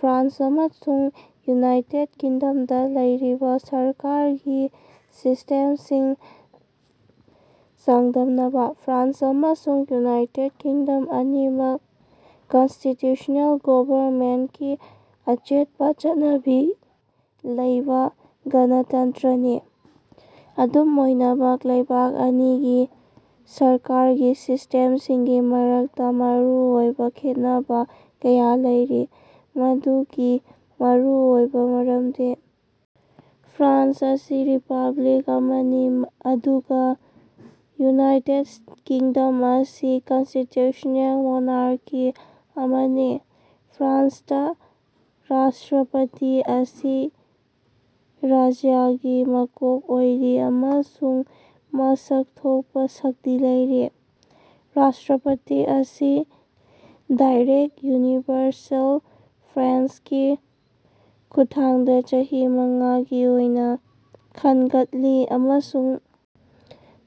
France ꯑꯃꯁꯨꯡ United ꯀꯤꯡꯗꯝꯗ ꯂꯩꯔꯤꯕ ꯁꯔꯀꯥꯔꯒꯤ ꯁꯤꯁꯇꯦꯝꯁꯤꯡ ꯆꯥꯡꯗꯝꯅꯕ- ꯐ꯭ꯔꯥꯟꯁ ꯑꯃꯁꯨꯡ ꯌꯨꯅꯥꯏꯇꯦꯗ ꯀꯤꯡꯗꯝ ꯑꯅꯤꯃꯛ ꯀꯟꯁꯇꯤꯇ꯭ꯌꯨꯁ꯭ꯅꯦꯜ ꯒꯣꯚꯔꯟꯃꯦꯟꯇꯀꯤ ꯑꯆꯦꯠꯄ ꯆꯠꯅꯕꯤ ꯂꯩꯕ ꯒꯅꯇꯟꯇ꯭ꯔꯅꯤ꯫ ꯑꯗꯨꯝ ꯑꯣꯏꯅꯃꯛ ꯂꯩꯕꯥꯛ ꯑꯅꯤꯒꯤ ꯁꯔꯀꯥꯔꯒꯤ ꯁꯤꯁ꯭ꯇꯦꯝꯁꯤꯡꯒꯤ ꯃꯔꯛꯇ ꯃꯔꯨꯑꯣꯏꯕ ꯈꯦꯠꯅꯕ ꯀꯌꯥ ꯂꯩꯔꯤ꯫ ꯃꯗꯨꯒꯤ ꯃꯔꯨꯑꯣꯏꯕ ꯃꯔꯝꯗꯤ ꯐ꯭ꯔꯥꯟꯁ ꯑꯁꯤ ꯔꯤꯄꯕ꯭ꯂꯤꯛ ꯑꯃꯅꯤ ꯑꯗꯨꯒ ꯌꯨꯅꯥꯏꯇꯦꯗ ꯀꯤꯡꯗꯝ ꯑꯁꯤ ꯀꯟꯁꯇꯤꯇ꯭ꯌꯨꯁ꯭ꯅꯦꯜ ꯃꯣꯅꯥꯔꯀꯤ ꯑꯃꯅꯤ꯫ ꯐ꯭ꯔꯥꯟꯁꯇ ꯔꯥꯁꯇ꯭ꯔꯄꯇꯤ ꯑꯁꯤ ꯔꯥꯖ꯭ꯌꯥꯒꯤ ꯃꯀꯣꯛ ꯑꯣꯏꯔꯤ ꯑꯃꯁꯨꯡ ꯃꯁꯛ ꯊꯣꯛꯄ ꯁꯛꯇꯤ ꯂꯩꯔꯤ꯫ ꯔꯥꯁꯇ꯭ꯔꯄꯇꯤ ꯑꯁꯤ ꯗꯥꯏꯔꯦꯛꯇ ꯌꯨꯅꯤꯚꯔꯁꯦꯜ ꯁꯐ꯭ꯔꯦꯖꯒꯤ ꯈꯨꯠꯊꯥꯡꯗ ꯆꯍꯤ ꯃꯉꯥꯒꯤ ꯑꯣꯏꯅ ꯈꯟꯒꯠꯂꯤ ꯑꯃꯁꯨꯡ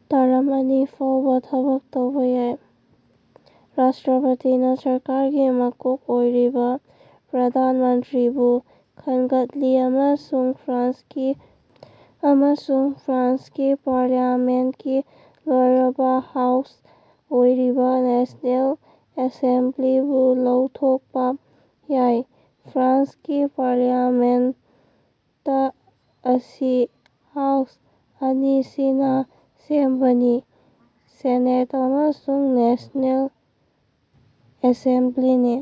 ꯇꯔꯝ ꯑꯅꯤ ꯐꯥꯎꯕ ꯊꯕꯛ ꯇꯧꯕ ꯌꯥꯏ꯫ ꯔꯥꯁꯇ꯭ꯔꯄꯇꯤꯅ ꯁꯔꯀꯥꯔꯒꯤ ꯃꯀꯣꯛ ꯑꯣꯏꯔꯤꯕ ꯄ꯭ꯔꯙꯥꯟ ꯃꯟꯇ꯭ꯔꯤꯕꯨ ꯈꯟꯒꯠꯂꯤ ꯑꯃꯁꯨꯡ ꯐ꯭ꯔꯥꯟꯁꯀꯤ ꯄꯥꯔꯂꯤꯌꯥꯃꯦꯟꯇꯀꯤ ꯂꯣꯌꯔꯕ ꯍꯥꯎꯁ ꯑꯣꯏꯔꯤꯕ ꯅꯦꯁ꯭ꯅꯦꯜ ꯑꯦꯁꯦꯝꯕ꯭ꯂꯤꯁꯨ ꯂꯧꯊꯣꯛꯄ ꯌꯥꯏ꯫ ꯐ꯭ꯔꯥꯟꯁꯀꯤ ꯄꯥꯔꯂꯤꯌꯥꯃꯦꯟꯇ ꯑꯁꯤ ꯍꯥꯎꯁ ꯑꯅꯤꯅ ꯁꯦꯝꯕꯅꯤ: ꯁꯦꯅꯦꯠ ꯑꯃꯁꯨꯡ ꯅꯦꯁ꯭ꯅꯦꯜ ꯑꯦꯁꯦꯝꯕ꯭ꯂꯤ꯫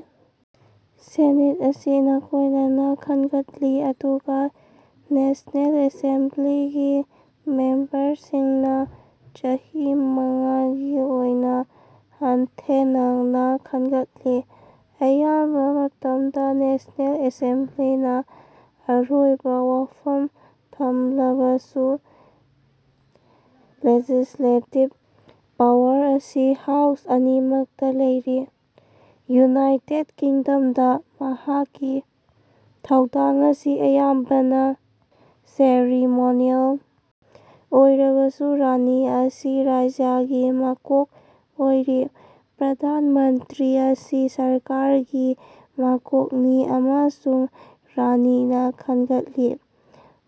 ꯁꯦꯅꯦꯠ ꯑꯁꯤ ꯅꯥꯀꯣꯏꯅꯅ ꯈꯟꯒꯠꯂꯤ ꯑꯗꯨꯒ ꯅꯦꯁ꯭ꯅꯦꯜ ꯑꯦꯁꯦꯝꯕ꯭ꯂꯤꯒꯤ ꯃꯦꯝꯕꯔꯁꯤꯡꯅ ꯆꯍꯤ ꯃꯉꯥꯒꯤ ꯑꯣꯏꯅ ꯍꯛꯊꯦꯡꯅꯅ ꯈꯟꯒꯠꯂꯤ꯫ ꯑꯌꯥꯝꯕ ꯃꯇꯝꯗ ꯅꯦꯁ꯭ꯅꯦꯜ ꯑꯦꯁꯦꯝꯕ꯭ꯂꯤꯅ ꯑꯔꯣꯏꯕ ꯋꯥꯐꯝ ꯊꯝꯂꯕꯁꯨ ꯂꯦꯖꯤꯁ꯭ꯂꯦꯇꯤꯚ ꯄꯥꯋꯔ ꯑꯁꯤ ꯍꯥꯎꯁ ꯑꯅꯤꯃꯛꯇ ꯂꯩꯔꯤ꯫ ꯌꯨꯅꯥꯏꯇꯦꯗ ꯀꯤꯡꯗꯝꯗ ꯃꯍꯥꯛꯀꯤ ꯊꯧꯗꯥꯡ ꯑꯁꯤ ꯑꯌꯥꯝꯕꯅ ꯁꯦꯔꯤꯃꯣꯅꯤꯑꯦꯜ ꯑꯣꯏꯔꯕꯁꯨ ꯔꯥꯅꯤ ꯑꯁꯤ ꯔꯥꯖ꯭ꯌꯥꯒꯤ ꯃꯀꯣꯛ ꯑꯣꯏꯔꯤ꯫ ꯄ꯭ꯔꯙꯥꯟ ꯃꯟꯇ꯭ꯔꯤ ꯑꯁꯤ ꯁꯔꯀꯥꯔꯒꯤ ꯃꯀꯣꯛꯅꯤ ꯑꯃꯁꯨꯡ ꯔꯥꯅꯤꯅ ꯈꯟꯒꯠꯂꯤ꯫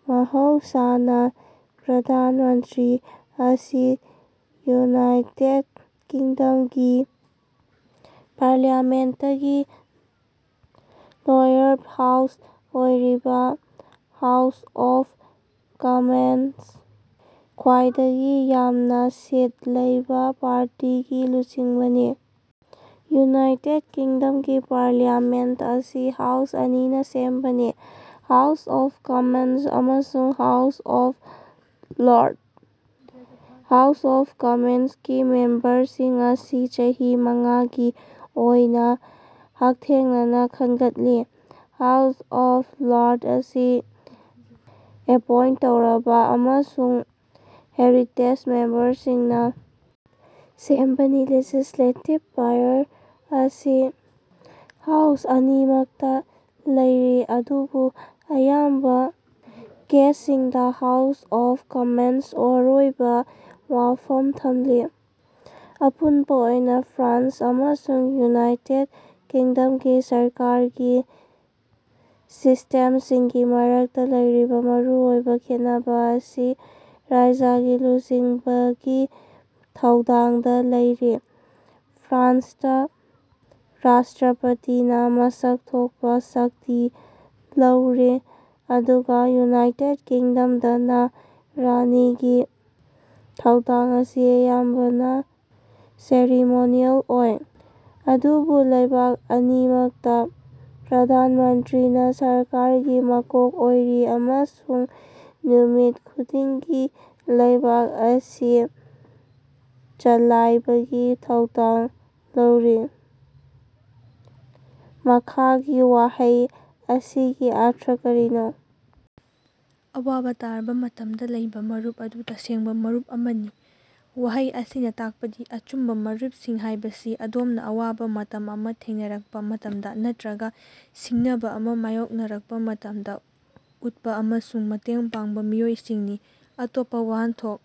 ꯃꯍꯧꯁꯥꯅ ꯄ꯭ꯔꯙꯥꯟ ꯃꯟꯇ꯭ꯔꯤ ꯑꯁꯤ ꯌꯨꯅꯥꯏꯇꯦꯗ ꯀꯤꯡꯗꯝꯒꯤ ꯄꯥꯔꯂꯤꯌꯥꯃꯦꯟꯇꯀꯤ ꯂꯣꯌꯔꯕ ꯍꯥꯎꯁ ꯑꯣꯏꯔꯤꯕ ꯍꯥꯎꯁ ꯑꯣꯐ ꯀꯝꯃꯟꯁꯇ ꯈ꯭ꯋꯥꯏꯗꯒꯤ ꯌꯥꯝꯅ ꯁꯤꯠ ꯂꯩꯕ ꯄꯥꯔꯇꯤꯒꯤ ꯂꯨꯆꯤꯡꯕꯅꯤ꯫ ꯌꯨꯅꯥꯏꯇꯦꯗ ꯀꯤꯡꯗꯝꯒꯤ ꯄꯥꯔꯂꯤꯌꯥꯃꯦꯟꯇ ꯑꯁꯤ ꯍꯥꯎꯁ ꯑꯅꯤꯅ ꯁꯦꯝꯕꯅꯤ: ꯍꯥꯎꯁ ꯑꯣꯐ ꯀꯝꯃꯟꯁ ꯑꯃꯁꯨꯡ House of Lords. House of ꯀꯝꯃꯟꯁꯀꯤ ꯃꯦꯝꯕꯔꯁꯤꯡ ꯑꯁꯤ ꯆꯍꯤ ꯃꯉꯥꯒꯤ ꯑꯣꯏꯅ ꯍꯛꯊꯦꯡꯅꯅ ꯈꯟꯒꯠꯂꯤ꯫ ꯍꯥꯎꯁ ꯑꯣꯐ ꯂꯣꯔꯗꯁ ꯑꯁꯤ ꯑꯦꯄꯣꯏꯟꯇ ꯇꯧꯔꯕ ꯑꯃꯁꯨꯡ ꯍꯦꯔꯤꯇꯦꯖ ꯃꯦꯝꯕꯔꯁꯤꯡꯅ ꯁꯦꯝꯕꯅꯤ꯫ ꯂꯦꯖꯤꯁ꯭ꯂꯦꯇꯤꯚ ꯄꯥꯋꯔ ꯑꯁꯤ ꯍꯥꯎꯁ ꯑꯅꯤꯃꯛꯇ ꯂꯩꯔꯤ ꯑꯗꯨꯕꯨ ꯑꯌꯥꯝꯕ ꯀꯦꯁꯁꯤꯡꯗ ꯍꯥꯎꯁ ꯑꯣꯐ ꯀꯝꯃꯟꯁꯅ ꯑꯔꯣꯏꯕ ꯋꯥꯐꯝ ꯊꯝꯂꯤ꯫ ꯑꯄꯨꯟꯕ ꯑꯣꯏꯅ ꯐ꯭ꯔꯥꯟꯁ ꯑꯃꯁꯨꯡ ꯌꯨꯅꯥꯏꯇꯦꯗ ꯀꯤꯡꯗꯝꯒꯤ ꯁꯔꯀꯥꯔꯒꯤ ꯁꯤꯁ꯭ꯇꯦꯝꯁꯤꯡꯒꯤ ꯃꯔꯛꯇ ꯂꯩꯔꯤꯕ ꯃꯔꯨꯑꯣꯏꯕ ꯈꯦꯠꯅꯕ ꯑꯁꯤ ꯔꯥꯖ꯭ꯌꯥꯒꯤ ꯂꯨꯆꯤꯡꯕꯒꯤ ꯊꯧꯗꯥꯡꯗ ꯂꯩꯔꯤ꯫ ꯐ꯭ꯔꯥꯟꯁꯇ ꯔꯥꯁꯇ꯭ꯔꯄꯇꯤꯅ ꯃꯁꯛ ꯊꯣꯛꯄ ꯁꯛꯇꯤ ꯂꯩꯔꯤ ꯑꯗꯨꯒ ꯌꯨꯅꯥꯏꯇꯦꯗ ꯀꯤꯡꯗꯝꯗ ꯔꯥꯅꯤꯒꯤ ꯊꯧꯗꯥꯡ ꯑꯁꯤ ꯑꯌꯥꯝꯕꯅ ꯁꯦꯔꯤꯃꯣꯅꯤꯑꯦꯜ ꯑꯣꯏ꯫ ꯑꯗꯨꯕꯨ ꯂꯩꯕꯥꯛ ꯑꯅꯤꯃꯛꯇ ꯄ꯭ꯔꯙꯥꯟ ꯃꯟꯇ꯭ꯔꯤꯅ ꯁꯔꯀꯥꯔꯒꯤ ꯃꯀꯣꯛ ꯑꯣꯏꯔꯤ ꯑꯃꯁꯨꯡ ꯅꯨꯃꯤꯠ ꯈꯨꯗꯤꯡꯒꯤ ꯂꯩꯕꯥꯛ ꯑꯁꯤ ꯆꯂꯥꯏꯕꯒꯤ ꯊꯧꯗꯥꯡ ꯂꯧꯔꯤ꯫ ꯃꯈꯥꯒꯤ ꯋꯥꯍꯩ ꯑꯁꯤꯒꯤ ꯑꯔꯊ ꯀꯔꯤꯅꯣ? "ꯑꯋꯥꯕ ꯇꯥꯔꯕ ꯃꯇꯝꯗ ꯂꯩꯕ ꯃꯔꯨꯞ ꯑꯗꯨ ꯇꯁꯦꯡꯕ ꯃꯔꯨꯞ ꯑꯃꯅꯤ"꯫ ꯋꯥꯍꯩ ꯑꯁꯤꯅ ꯇꯥꯛꯄꯗꯤ ꯑꯆꯨꯝꯕ ꯃꯔꯨꯞꯁꯤꯡ ꯍꯥꯏꯕꯁꯤ ꯑꯗꯣꯝꯅ ꯑꯋꯥꯕ ꯃꯇꯝ ꯑꯃ ꯊꯦꯡꯅꯔꯛꯄ ꯃꯇꯝꯗ ꯅꯠꯇ꯭ꯔꯒ ꯁꯤꯡꯅꯕ ꯑꯃ ꯃꯥꯏꯌꯣꯛꯅꯔꯄ ꯃꯇꯝꯗ ꯎꯠꯄ ꯑꯃꯁꯨꯡ ꯃꯇꯦꯡ ꯄꯥꯡꯕ ꯃꯤꯑꯣꯏꯁꯤꯡꯅꯤ꯫ ꯑꯇꯣꯞꯄ ꯋꯥꯍꯟꯊꯣꯛ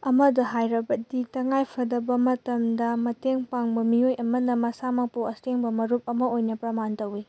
ꯑꯃꯗ ꯍꯥꯏꯔꯕꯗꯤ, ꯇꯉꯥꯏꯐꯗꯕ ꯃꯇꯝꯗ ꯃꯇꯦꯡ ꯄꯥꯡꯕ ꯃꯤꯑꯣꯏ ꯑꯃꯅ ꯃꯁꯥꯃꯛꯄꯨ ꯑꯁꯦꯡꯕ ꯃꯔꯨꯞ ꯑꯃ ꯑꯣꯏꯅ ꯄ꯭ꯔꯃꯥꯟ ꯇꯧꯏ꯫